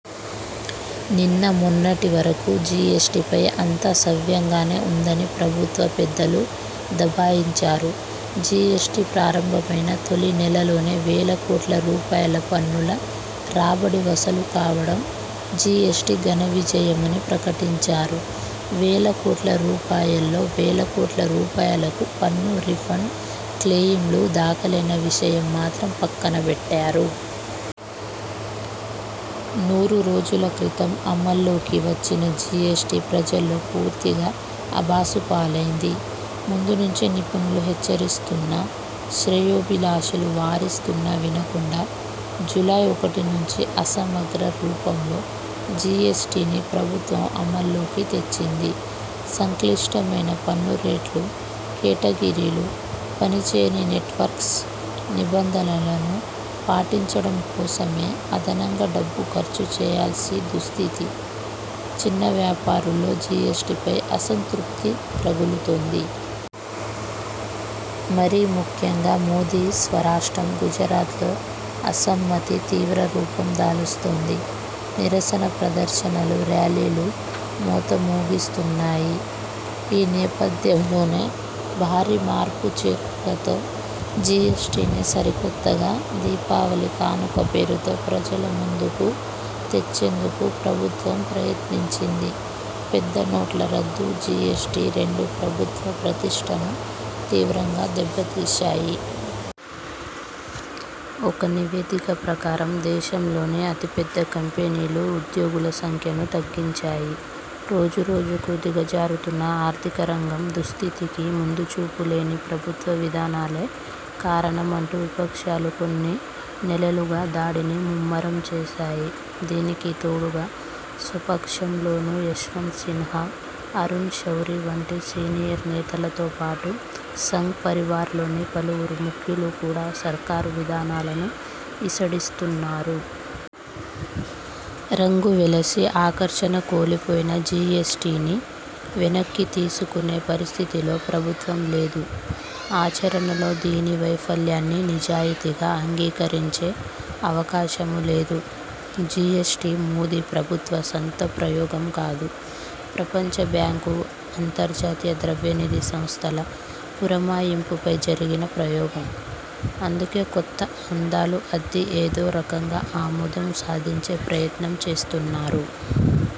నిన్న మొన్నటి వరకు జిఎస్టిపై అంతా సవ్యంగానే ఉందని ప్రభుత్వ పెద్దలు దబాయించారు. జిఎస్టి ప్రారంభమైన తొలి నెలలోనే వేల కోట్ల రూపాయల పన్నుల రాబడి వసూలు కావడం జిఎస్టి ఘనవిజయమని ప్రకటించారు. వేల కోట్ల రూపాయల్లో వేల కోట్ల రూపాయలకు పన్ను రిఫండ్ క్లెయిమ్లు దాఖలైన విషయం మాత్రం పక్కనబెట్టారు. నూరు రోజుల క్రితం అమల్లోకి వచ్చిన జిఎస్టి ప్రజల్లో పూర్తిగా అభాసుపాలైంది. ముందు నుంచే నిపుణులు హెచ్చరిస్తున్నా, శ్రేయోభిలాషులు వారిస్తున్నా వినకుండా, జూలై ఒకటి నుంచి అసమగ్ర రూపంలో జిఎస్టిని ప్రభుత్వం అమల్లోకి తెచ్చింది. సంక్లిష్టమైన పన్ను రేట్లు, కేటగిరీలు, పనిచేయని నెట్వర్క్, నిబంధనలను పాటించడం కోసమే అదనంగా డబ్బు ఖర్చు చేయాల్సిన దుస్థితి, చిన్న వ్యాపారుల్లో జిఎస్టిపై అసంతృప్తి రగులుతోంది. మరీ ముఖ్యంగా మోదీ స్వరాష్ట్రం గుజరాత్లో అసమ్మతి తీవ్ర రూపం దాలుస్తోంది. నిరసన ప్రదర్శనలు, ర్యాలీలు మోతమోగిస్తున్నాయి. ఈ నేపథ్యంలోనే, భారీ మార్పు చేర్పులతో జిఎస్టిని సరికొత్తగా, దీపావళి కానుక పేరుతో ప్రజల ముందుకు తెచ్చేందుకు ప్రభుత్వం ప్రయత్నించింది. పెద్ద నోట్ల రద్దు, జిఎస్టి రెండూ ప్రభుత్వ ప్రతిష్ఠను తీవ్రంగా దెబ్బతీశాయి. ఒక నివేదిక ప్రకారం దేశంలోని అతిపెద్ద కంపెనీలు ఉద్యోగుల సంఖ్యను తగ్గించాయి. రోజురోజుకూ దిగజారుతున్న ఆర్థిక రంగం దుస్థితికి ముందుచూపులేని ప్రభుత్వ విధానాలే కారణమంటూ విపక్షాలు కొన్ని నెలలుగా దాడిని ముమ్మరం చేశాయి. దీనికి తోడుగా స్వపక్షంలోనూ యశ్వంత్ సిన్హా, అరుణ్ శౌరి వంటి సీనియర్ నేతలతో పాటు సంఘ్ పరివార్లోని పలువురు ముఖ్యులు కూడా సర్కారు విధానాలను ఈసడిస్తున్నారు. రంగువెలసి, ఆకర్షణ కోల్పోయిన జిఎస్టిని వెనక్కి తీసుకునే పరిస్థితిలో ప్రభుత్వం లేదు. ఆచరణలో దీని వైఫల్యాన్ని నిజాయితీగా అంగీకరించే అవకాశమూ లేదు. జిఎస్టి మోదీ ప్రభుత్వ సొంత ప్రయోగం కాదు. ప్రపంచ బ్యాంకు, అంతర్జాతీయ ద్రవ్యనిధి సంస్థల పురమాయింపుపై జరిగిన ప్రయోగం. అందుకే కొత్త అందాలు అద్ది ఏదోరకంగా ఆమోదం సాధించే ప్రయత్నం చేస్తున్నారు.